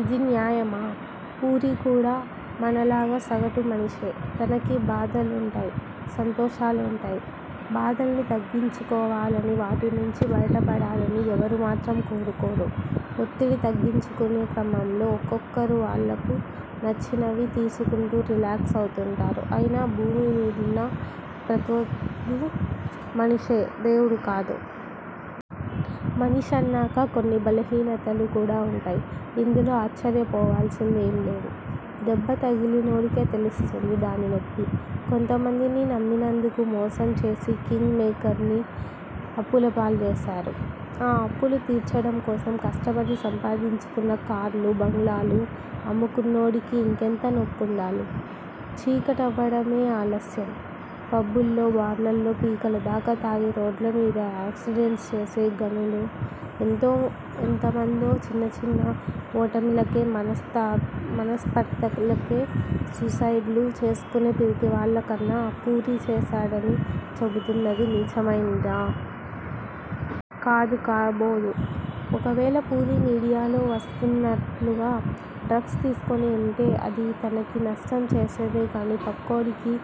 ఇది న్యాయమా? పూరీకూడా మనలాగా సగటు మనిషే. తనకి బాధలుంటాయ్ సంతోషాలుంటాయ్. బాదల్ని తగ్గించు కోవాలని వాటి నుంచి బయట పడాలని ఎవరు మాత్రం కోరుకోరు. ఒత్తిడి తగ్గించుకునే క్రమంలో ఒక్కొక్కరు వాళ్లకు నచ్చినవి తీసుకుంటూ రిలాక్స్ అవుతుంటారు. అయినా, భూమి మీదున్న ప్రతోడు మనిషే, దేవుడు కాదు. మనిషన్నాక కొన్ని బలహీనతలు కూడా వుంటాయి. ఇందులో ఆశ్ఛర్య పోవాల్సింది ఏంలేదు. దెబ్బ తగిలినోడికే తెలుస్తుంది దాని నొప్పి. కొంతమందిని నమ్మినందుకు మోసం చేసి కింగ్ మేకర్ని అప్పులపాల్జేశారు. ఆ అప్పులు తీర్చడంకోసం కష్టపడి సంపాదించుకున్న కార్లూ, బంగ్లాలు అమ్ముకున్నోడికి ఇంకెంత నొప్పుండాలి. చీకటవ్వడమే ఆలస్యం, పబ్బుల్లో బార్లలో పీకలదాకా తాగి రోడ్ల మీద యాక్సిడెంట్స్ చేసే ఘనులు ఎంతమందో చిన్న చిన్న ఓటమిలకే, మనస్పర్థలకే సూసైడ్ లు చేసుకునే పిరికివాళ్ళ కన్నా పూరీ చేశాడని చెబుతున్నది నీచమైందా? కాదు. కాబోదు. ఒకవేళ పూరీ మీడియాలో వస్తున్నట్లుగా డ్రగ్స్ తీసుకొని వుంటే అది తనకి నష్టం చేసేదే కానీ పక్కోడికి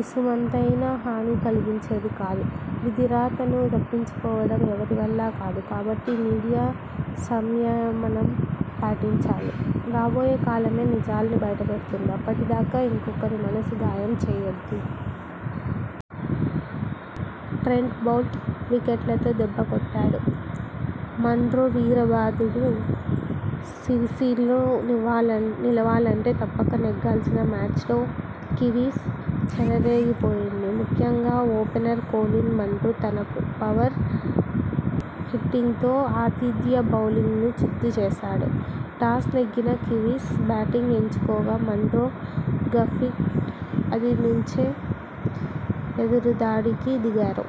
ఇసుమంతైనా హాని కలిగించేది కాదు. విధి రాతను తప్పించుకోవటం ఎవరివల్లా కాదు. కాబట్టి మీడియా సంయమనం పాటించాలి. రాబోయే కాలమే నిజాల్ని బయటపెడుతుంది. అప్పటిదాకా ఇంకొకరి మనసు గాయం చేయొద్దు. ట్రెంట్ బౌల్ట్ వికెట్లతో దెబ్బ కొట్టాడు. మన్రో వీరబాదుడు సిరీస్లో నిలవాలంటే తప్పక నెగ్గాల్సిన మ్యాచ్ లో కివీస్ చెలరేగిపో యింది. ముఖ్యంగా ఓపెనర్ కొలిన్ మన్రో తన పవర్ హిట్టింగ్తో ఆతిథ్య బౌలింగ్ను చిత్తు చేశాడు. టాస్ నెగ్గిన కివీస్ బ్యాటింగ్ ఎంచుకోగా మన్రో, గప్టిల్ ఆది నుంచే ఎదురుదాడికి దిగారు.